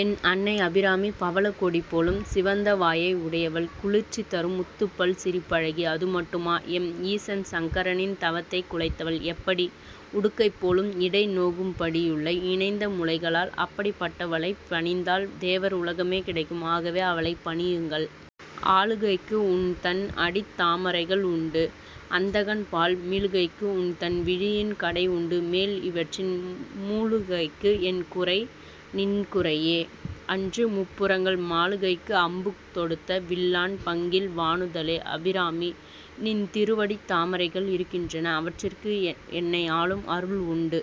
என் அன்னை அபிராமி பவளக்கொடி போலும் சிவந்த வாயை உடையவள். குளிர்ச்சி தரும் முத்துப்பல் சிரிப்பழகி, அது மட்டுமா? எம் ஈசன் சங்கரனின் தவத்தைக் குலைத்தவள். எப்படி? உடுக்கை போலும் இடை நோகும்படியுள்ள இணைந்த முலைகளால்! அப்படிப்பட்டவளைப் பணிந்தால் தேவர் உலகமே கிடைக்கும். ஆகவே அவளைப் பணியுங்கள்.: ஆளுகைக்கு, உன்தன் அடித்தாமரைகள் உண்டு, அந்தகன்பால் மீளுகைக்கு, உன்தன் விழியின் கடை உண்டு, மேல் இவற்றின் மூளுகைக்கு, என் குறை, நின் குறையே அன்று,-முப்புரங்கள். மாளுகைக்கு, அம்பு தொடுத்த வில்லான், பங்கில் வாணுதலே. அபிராமி! நின் திருவடித் தாமரைகள் இருக்கின்றன. அவற்றிற்கு என்னை ஆளும் அருள் உண்டு.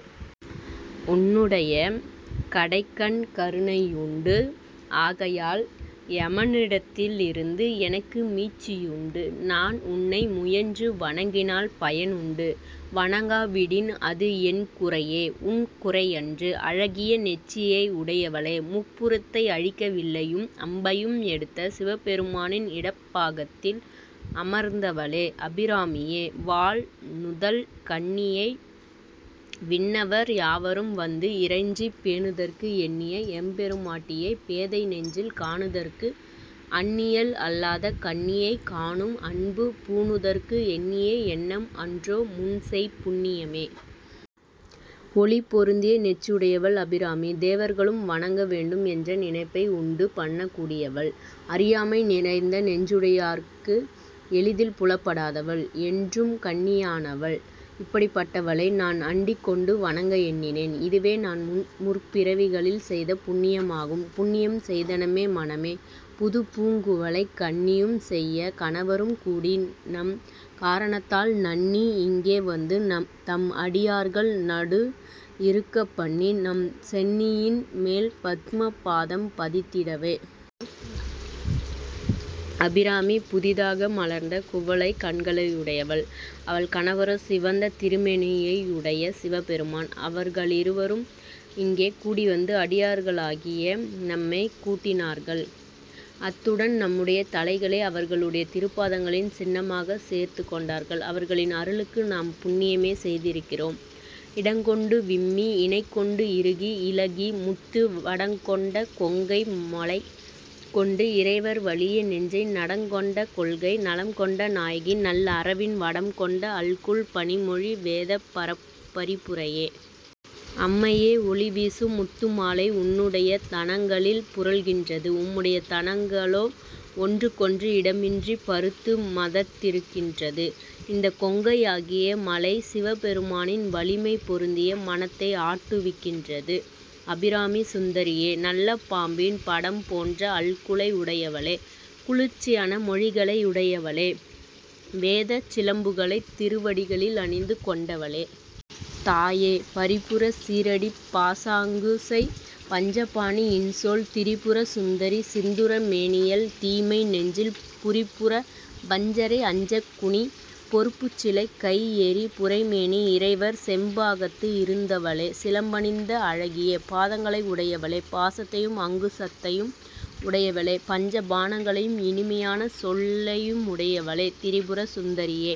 உன்னுடைய கடைக்கண் கருணையுண்டு. ஆகையால் எமனிடத்திலிருந்து எனக்கு மீட்சியுண்டு. நான் உன்னை முயன்று வணங்கினால் பயன் உண்டு. வணங்காவிடின் அது என் குறையே; உன் குறையன்று. அழகிய நெற்றியை உடையவளே! முப்புரத்தை அழிக்க வில்லையும் அம்பையும் எடுத்த சிவபெருமானின் இடப்பாகத்தில் அமர்ந்தவளே! அபிராமியே!: வாள்-நுதல் கண்ணியை, விண்ணவர் யாவரும் வந்து இறைஞ்சிப் பேணுதற்கு எண்ணிய எம்பெருமாட்டியை, பேதை நெஞ்சில் காணுதற்கு அண்ணியள் அல்லாத கன்னியை, காணும்--அன்பு பூணுதற்கு எண்ணிய எண்ணம் அன்றோ, முன் செய் புண்ணியமே. ஒளி பொருந்திய நெற்றியுடையவள் அபிராமி! தேவர்களும் வணங்க வேண்டும் என்ற நினைப்பை உண்டு பண்ணக்கூடியவள்! அறியாமை நிறைந்த நெஞ்சுடையார்க்கு எளிதில் புலப்படாதவள். என்றும் கன்னியானவள். இப்படிப்பட்டவளை நான் அண்டிக் கொண்டு வணங்க எண்ணினேன். இதுவே நான் முற்பிறவிகளில் செய்த புண்ணியமாகும்.: புண்ணியம் செய்தனமே-மனமே. புதுப் பூங் குவளைக் கண்ணியும் செய்ய கணவரும் கூடி, நம் காரணத்தால் நண்ணி இங்கே வந்து தம் அடியார்கள் நடு இருக்கப் பண்ணி, நம் சென்னியின் மேல் பத்ம பாதம் பதித்திடவே. அபிராமி, புதிதாக மலர்ந்த குவளைக் கண்களையுடையவள். அவள் கணவரோ சிவந்த திருமேனியையுடைய சிவபெருமான். அவர்களிருவரும் இங்கே கூடிவந்து அடியார்களாகிய நம்மைக் கூட்டினார்கள். அத்துடன் நம்முடைய தலைகளை அவர்களுடைய திருப்பாதங்களின் சின்னமாகச் சேர்த்துக் கொண்டார்கள். அவர்களின் அருளுக்கு நாம் புண்ணியமே செய்திருக்கிறோம்.: இடங்கொண்டு விம்மி, இணைகொண்டு இறுகி, இளகி, முத்து வடங்கொண்ட கொங்கை-மலைகொண்டு இறைவர் வலிய நெஞ்சை நடங்கொண்ட கொள்கை நலம் கொண்ட நாயகி, நல் அரவின் வடம் கொண்ட அல்குல் பணிமொழி--வேதப் பரிபுரையே. அம்மையே! ஒளிவீசும் முத்துமாலை உன்னுடைய தனங்களில் புரள்கின்றது. உம்முடைய தனங்களோ ஒன்றுக்கொன்று இடமின்றி பருத்து மதர்த்திருக்கின்றது. இந்தக் கொங்கையாகிய மலை சிவபெருமானின் வலிமை பொருந்திய மனத்தை ஆட்டுவிக்கின்றது. அபிராமி சுந்தரியே! நல்ல பாம்பின் படம் போன்ற அல்குலை உடையவளே! குளிர்ச்சியான மொழிகளையுடையவளே! வேதச் சிலம்புகளைத் திருவடிகளில் அணிந்து கொண்டவளே! தாயே!: பரிபுரச் சீறடிப் பாசாங்குசை, பஞ்சபாணி, இன்சொல் திரிபுர சுந்தரி, சிந்துர மேனியள் தீமை நெஞ்சில் புரிபுர, வஞ்சரை அஞ்சக் குனி பொருப்புச்சிலைக் கை, எரி புரை மேனி, இறைவர் செம்பாகத்து இருந்தவளே. சிலம்பணிந்த அழகிய பாதங்களை உடையவளே! பாசத்தையும் அங்குசத்தையும் உடையவளே! பஞ்ச பாணங்களையும், இனிமையான சொல்லையுமுடையவளே திரிபுர சுந்தரியே!